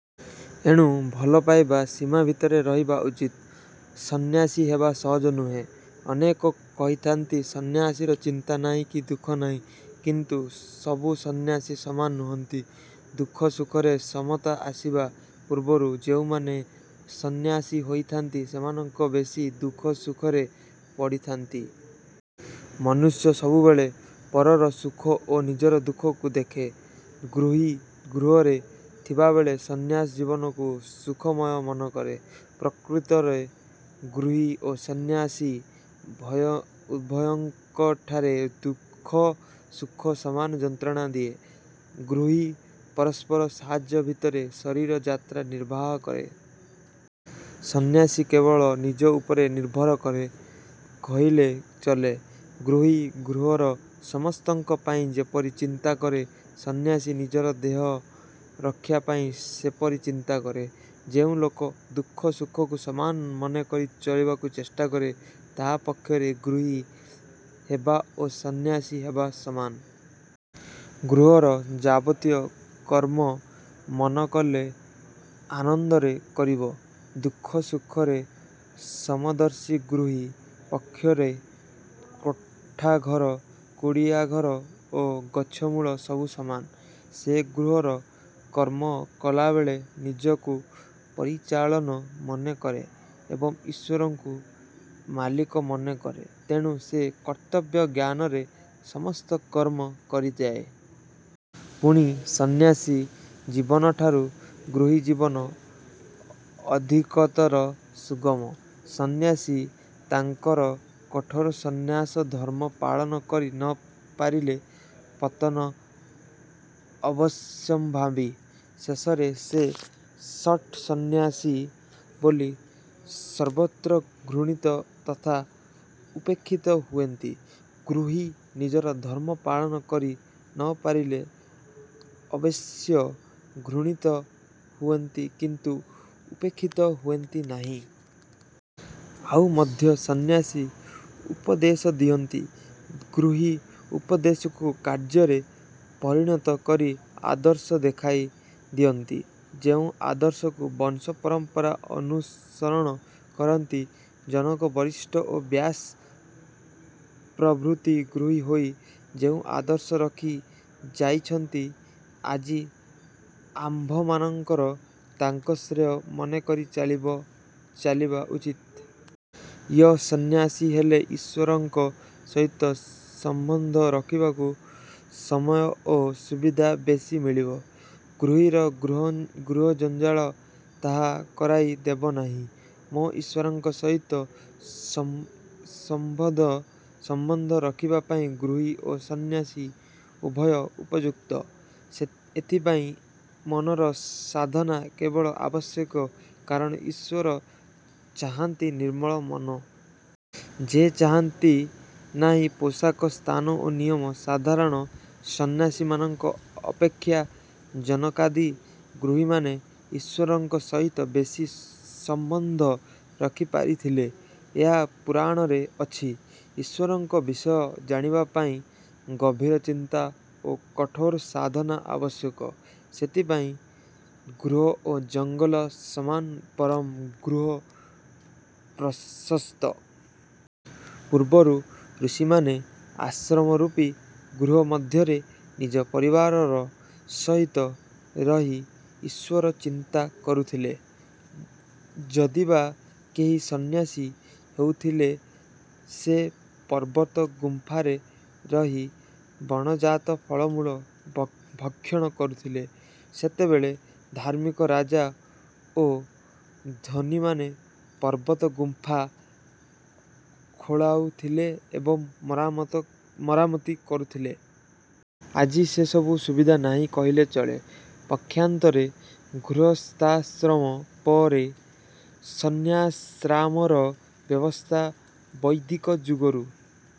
ଏଣୁ ଭଲ ପାଇବା ସୀମା ଭିତରେ ରହିବା ଉଚିତ। ସନ୍ନ୍ୟାସୀ ହେବା ସହଜ ନୁହେଁ। ଅନେକ କହିଥାନ୍ତି "ସନ୍ନ୍ୟାସୀର ଚିନ୍ତା ନାହିଁ କି ଦୁଃଖ ନାହିଁ" କିନ୍ତୁ ସବୁ ସନ୍ନ୍ୟାସୀ ସମାନ ନୁହନ୍ତି। ଦୁଃଖ ସୁଖରେ ସମତା ଆସିବା ପୂର୍ବରୁ ଯେଉଁମାନେ ସନ୍ନ୍ୟାସୀ ହୋଇଥାନ୍ତି, ସେମାନେ ବେଶୀ ଦୁଃଖ ସୁଖରେ ପଡ଼ିଥାନ୍ତି। ମନୁଷ୍ୟ ସବୁବେଳେ ପରର ସୁଖ ଓ ନିଜର ଦୁଃଖକୁ ଦେଖେ। ଗୃହୀ ଗୃହରେ ଥିବାବେଳେ ସନ୍ନ୍ୟାସ ଜୀବନକୁ ସୁଖମୟ ମନେକରେ। ପ୍ରକୃତରେ ଗୃହୀ ଓ ସନ୍ନ୍ୟାସୀ ଉଭୟଙ୍କଠାରେ ଦୁଃଖ ସୁଖ ସମାନ ଯନ୍ତ୍ରଣା ଦିଏ। ଗୃହୀ ପରସ୍ପର ସାହାଯ୍ୟ ଭିତରେ ଶରୀର ଯାତ୍ରା ନିର୍ବାହ କରେ। ସନ୍ନ୍ୟାସୀ କେବଳ ନିଜ ଉପରେ ନିର୍ଭର କରେ କହିଲେ ଚଳେ। ଗୃହୀ ଗୃହର ସମସ୍ତଙ୍କ ପାଇଁ ଯେପରି ଚିନ୍ତା କରେ, ସନ୍ନ୍ୟାସୀ ନିଜର ଦେହ ରକ୍ଷା ପାଇଁ ସେପରି ଚିନ୍ତା କରେ। ଯେଉଁ ଲୋକ ଦୁଃଖ ସୁଖକୁ ସମାନ ମନେକରି ଚଳିବାକୁ ଚେଷ୍ଟା କରେ, ତାହା ପକ୍ଷରେ ଗୃହୀ ହେବା ଓ ସନ୍ନ୍ୟାସୀ ହେବା ସମାନ। ଗୃହର ଯାବତୀୟ କର୍ମ, ମନ କଲେ ଆନନ୍ଦରେ କରିବ-। ଦୁଃଖ ସୁଖରେ ସମଦର୍ଶୀ ଗୃହୀ ପକ୍ଷରେ କୋଠାଘର, କୁଡ଼ିଆଘର ଓ ଗଛମୂଳ ସବୁ ସମାନ-। ସେ ଗୃହର କର୍ମ କଲାବେଳେ ନିଜକୁ ପରିଚାଳକ ମନେ କରେ ଏବଂ ଈଶ୍ଵରଙ୍କୁ ମାଲିକ ମନେ କରେ। ତେଣୁ ସେ କର୍ତ୍ତବ୍ୟ ଜ୍ଞାନରେ ସମସ୍ତ କର୍ମ କରିଯାଏ। ପୁଣି ସନ୍ନ୍ୟାସୀ ଜୀବନଠାରୁ ଗୃହୀ ଜୀବନ ଅଧିକତର ସୁଗମ। ସନ୍ନ୍ୟାସୀ ତାଙ୍କର କଠୋର ସନ୍ନ୍ୟାସ ଧର୍ମ ପାଳନ କରି ନ ପାରିଲେ ପତନ ଅବଶ୍ୟମ୍ଭାବୀ। ଶେଷରେ ସେ ଶଠ ସନ୍ନ୍ୟାସୀ ବୋଲି ସର୍ବତ୍ର ଘୃଣିତ ତଥା ଉପେକ୍ଷିତ ହୁଅନ୍ତି। ଗୃହୀ ନିଜର ଧର୍ମ ପାଳନ କରି ନ ପାରିଲେ ଅବଶ୍ୟ ଘୃଣିତ ହୁଅନ୍ତି କିନ୍ତୁ ଉପେକ୍ଷିତ ହୁଅନ୍ତି ନାହିଁ। ଆଉ ମଧ୍ୟ ସନ୍ନ୍ୟାସୀ ଉପଦେଶ ଦିଅନ୍ତି, ଗୃହୀ ଉପଦେଶକୁ କାର୍ଯ୍ୟରେ ପରିଣତ କରି ଆଦର୍ଶ ଦେଖାଇ ଦିଅନ୍ତି; ଯେଉଁ ଆଦର୍ଶକୁ ବଂଶ ପରମ୍ପରା ଅନୁସରଣ କରନ୍ତି। ଜନକ, ବଶିଷ୍ଠ ଓ ବ୍ୟାସ ପ୍ରଭୃତି ଗୃହୀ ହୋଇ ଯେଉଁ ଆଦର୍ଶ ରଖି ଯାଇଛନ୍ତି, ଆଜି ଆମ୍ଭମାନଙ୍କର ତାକୁ ଶ୍ରେୟ ମନେକରି ଚାଲିବା ଉଚିତ।। ୟ-ସନ୍ନ୍ୟାସୀ ହେଲେ ଈଶ୍ଵରଙ୍କ ସହିତ ସମ୍ବନ୍ଧ ରଖିବାକୁ ସମୟ ଓ ସୁବିଧା ବେଶୀ ମିଳିବ। ଗୃହୀର ଗୃହଜଞ୍ଜାଳ ତାହା କରାଇ ଦେବ ନାହିଁ। ମ-ଈଶ୍ଵରଙ୍କ ସହିତ ସମ୍ବନ୍ଧ ରଖିବା ପାଇଁ ଗୃହୀ ଓ ସନ୍ନ୍ୟାସୀ ଉଭୟ ଉପଯୁକ୍ତ। ଏଥିପାଇଁ ମନର ସାଧନା କେବଳ ଆବଶ୍ୟକ, କାରଣ ଈଶ୍ଵର ଚାହାନ୍ତି ନିର୍ମଳ ମନ। ସେ ଚାହାନ୍ତି ନାହିଁ ପୋଷାକ, ସ୍ଥାନ ଓ ନିୟମ। ସାଧାରଣ ସନ୍ନ୍ୟାସୀମାନଙ୍କ ଅପେକ୍ଷା ଜନକାଦି ଗୃହୀମାନେ ଈଶ୍ଵରଙ୍କ ସହିତ ବେଶୀ ସମ୍ବନ୍ଧ ରଖିପାରିଥିଲେ। ଏହା ପୁରାଣରେ ଅଛି। ଈଶ୍ଵରଙ୍କ ବିଷୟ ଜାଣିବା ପାଇଁ ଗଭୀର ଚିନ୍ତା ଓ କଠୋର ସାଧନା ଆବଶ୍ୟକ। ସେଥିପାଇଁ ଗୃହ ଓ ଜଙ୍ଗଲ ସମାନ, ବରଂ ଗୃହ ପ୍ରଶସ୍ତ। ପୂର୍ବରୁ ଋଷିମାନେ ଆଶ୍ରମରୂପୀ ଗୃହ ମଧ୍ୟରେ ନିଜ ପରିବାର ସହିତ ରହି ଈଶ୍ଵର ଚିନ୍ତା କରୁଥିଲେ। ଯଦିବା କେହି ସନ୍ନ୍ୟାସୀ ହେଉଥିଲେ ସେ ପର୍ବତ ଗୁମ୍ପାରେ ରହି ବଣଜାତ ଫଳମୂଳ ଭକ୍ଷଣ କରୁଥିଲେ। ସେତେବେଳେ ଧାର୍ମିକ ରାଜା ଓ ଧନୀମାନେ ପର୍ବତ ଗୁମ୍ଫା ଖୋଳାଉଥିଲେ ଏବଂ ମରାମତି କରୁଥିଲେ। ଆଜି ସେସବୁ ସୁବିଧା ନାହିଁ କହିଲେ ଚଳେ। ପକ୍ଷାନ୍ତରେ ଗୃହସ୍ଥାଶ୍ରମ ପରେ ସନ୍ନ୍ୟାସାଶ୍ରମର ବ୍ୟବସ୍ଥା ବୈଦିକ ଯୁଗରୁ